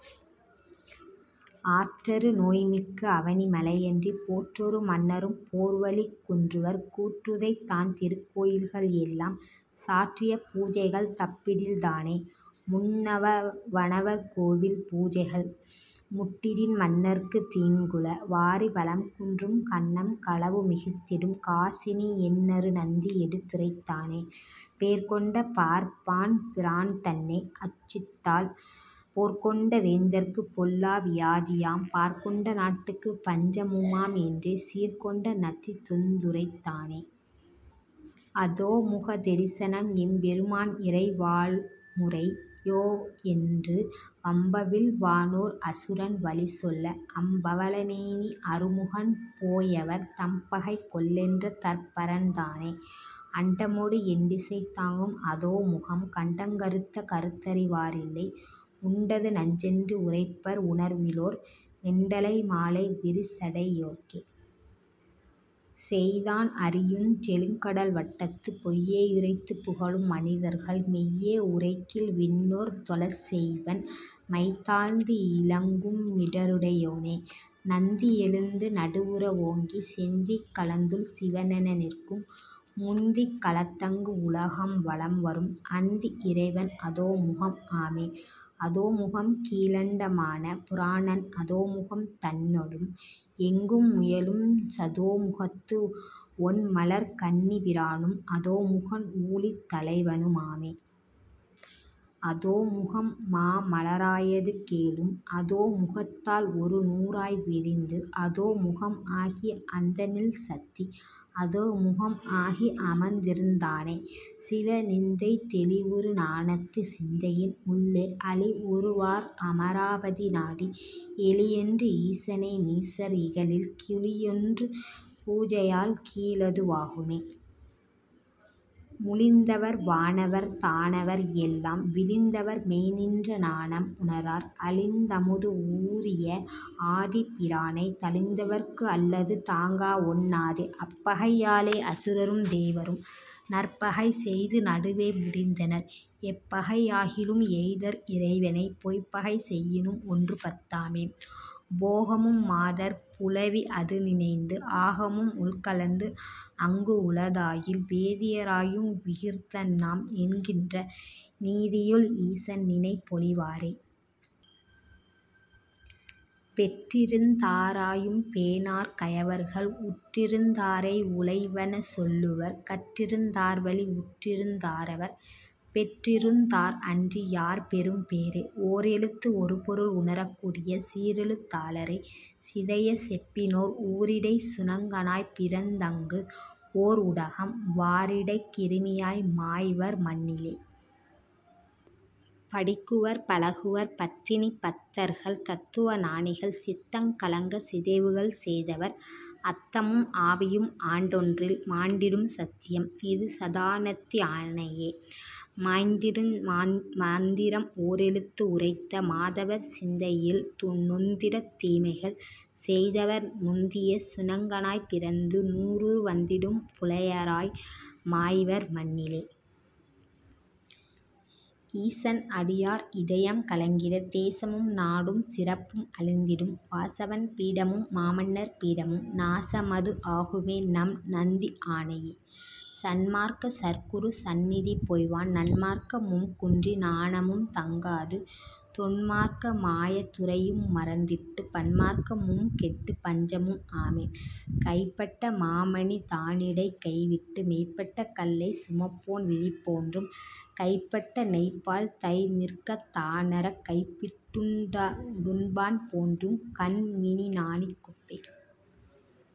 ஆற்றரு நோய்மிக்கு அவனி மழையின்றிப் போற்றரு மன்னரும் போர்வலி குன்றுவர் கூற்றுதைத் தான்திருக் கோயில்கள் எல்லாம் சாற்றிய பூசைகள் தப்பிடில் தானே. முன்னவனர்கோயில் பூசைகள் முட்டிடின் மன்னர்க்குத் தீங்குள.. வாரி வளம்குன்றும் கன்னம் களவு மிகுத்திடும் காசினி என்னரு நந்தி எடுத்துரைத் தானே. பேர்கொண்ட பார்ப்பான் பிரான்தன்னை அர்ச்சித்தால் போர்கொண்ட வேந்தர்க்குப் பொல்லா வியாதியாம் பார்கொண்ட நாட்டுக்குப் பஞ்சமு மாம்என்றே சீர்க்கொண்ட நந்தி தொந்துரைத் தானே... அதோமுக தெரிசனம் எம்பெரு மான்இறை வாமுறை யோஎன்று வம்பவிழ் வானோர் அசுரன் வலிசொல்ல அம்பவள மேனி அறுமுகன் போயவர் தம்பகை கொல்லென்ற தற்பரன் தானே. அண்டமொடு எண்டிசை தாங்கும் அதோமுகம் கண்டங் கறுத்த கருத்தறி வாரில்லை உண்டது நஞ்சென்று உரைப்பர் உணர்விலோர் வெண்டலை மாலை விரிசடை யோற்கே. செய்தான் அறியுஞ் செழுங்கடல் வட்டத்துப் பொய்யே யுரைத்துப் புகழும் மனிதர்கள் மெய்யே உரைக்கில் விண்ணோர் தொழச்செய்வன் மைதாழ்ந்து இலங்கும் மிடறுடை யோனே. நந்தி எழுந்து நடுவுற ஓங்கிய செந்தீக் கலந்துள் சிவனென நிற்கும் முந்திக் கலந்தங்கு உலகம் வலம்வரும் அந்தி இறைவன் அதோமுகம் ஆமே. அதோமுகம் கீழண்ட மான புராணன் அதோமுகம் தன்னொடும் எங்கும் முயலும் சதோமுகத் து ஒண்மலர்க் கண்ணிப் பிரானும் அதோமுகன் ஊழித் தலைவனு மாமே. அதோமுகம் மாமல ராயது கேளும் அதோமுகத் தால் ஒரு நூறாய் விரிந்து அதோமுகம் ஆகிய அந்தமில் சத்தி அதோமுகம் ஆகி அமர்ந்திருந் தானே... சிவ நிந்தை... தெளிவுறு ஞானத்துச் சிந்தையின் உள்ளே அளிவுறு வார்அம ராபதி நாடி எளியனென்று ஈசனை நீசர் இகழில் கிளியொன்று பூஞையால் கீழது வாகுமே. முளிந்தவர் வானவர் தானவர் எல்லாம் விளிந்தவர் மெய்ந்நின்ற ஞானம் உணரார் அளிந்தமுது ஊறிய ஆதிப் பிரானைத் தளிந்தவர்ககு அல்லது தாங்கஒண் ணாதே. அப்பகை யாலே அசுரரும் தேவரும் நற்பகை செய்து நடுவே முடிந்தனர் எப்பகை யாகிலும் எய்தார் இறைவனைப் பொய்ப்பகை செய்யினும் ஒன்றுபத் தாமே. போகமும் மாதர் புலவி அதுநினைந்து ஆகமும் உள்கலந்து அங்குஉளதலில் வேதிய ராயும் விகிர்தன்நாம் என்கின்ற நீதியுள் ஈசன் நினைப்பொழி வாரே. பெற்றிருந் தாரையும் பேணார் கயவர்கள் உற்றிருந் தாரை உளைவன சொல்லுவர் கற்றிருந் தார்வழி உற்றிருந் தாரவர் பெற்றிருந் தார்அன்றி யார்பெறும் பேறே. ஓரெழுத்து ஒருபொருள் உணரக் கூறிய சீரெழுத் தாளரைச் சிதையச் செப்பினோர் ஊரிடைச் சுணங்கனாய்ப் பிறந்தங் கு ஓர்உகம்.. வாரிடைக் கிருமியாய்.. மாய்வர் மண்ணிலே.. படிகுவர், பழகுவர். பத்தினி பத்தர்கள் தத்துவ ஞானிகள் சித்தங் கலங்கச் சிதைவுகள் செய்தவர் அத்தமும் ஆவியும் ஆண்டொன்றில்.. மாண்டிடும் சத்தியம்.. ஈது சதாநந்தி ஆணையே.. மாய்ந்திடு. மாந்திரம் ஓரெழுத்து உரைத்த மாதவர் சிந்தையில் நொந்திடத் தீமைகள் செய்தவர் நுந்திய சுணங்கனாய்ப் பிறந்து நூறுரு வந்திடும் புலையராய் மாய்வர் மண்ணிலே. ஈசன் அடியார் இதயம் கலங்கிடத் தேசமும் நாடும் சிறப்பும் அழிந்திடும் வாசவன் பீடமும் மாமன்னர் பீடமும் நாசமது ஆகுமே நம்நந்தி ஆணையே. சன்மார்க்க சற்குருச் சந்நிதி பொய்வான் நன்மார்க்க மும்குன்றி ஞானமும் தங்காது தொன்மார்க்க மாய துறையும் மறந்திட்டுப் பன்மார்க்க மும்கெட்டுப் பஞ்சமும் ஆமே. கைப்பட்ட மாமணி தானிடை கைவிட்டு மெய்ப்பட்ட கல்லைச் சுமப்போன் விதிபோன்றும் கைப்பட்ட நெய்பால் தயிர்நிற்கத் தானறக் கைப்பிட்டுண் பான்போன்றுங் கன்மிஞானிக் கொப்பே...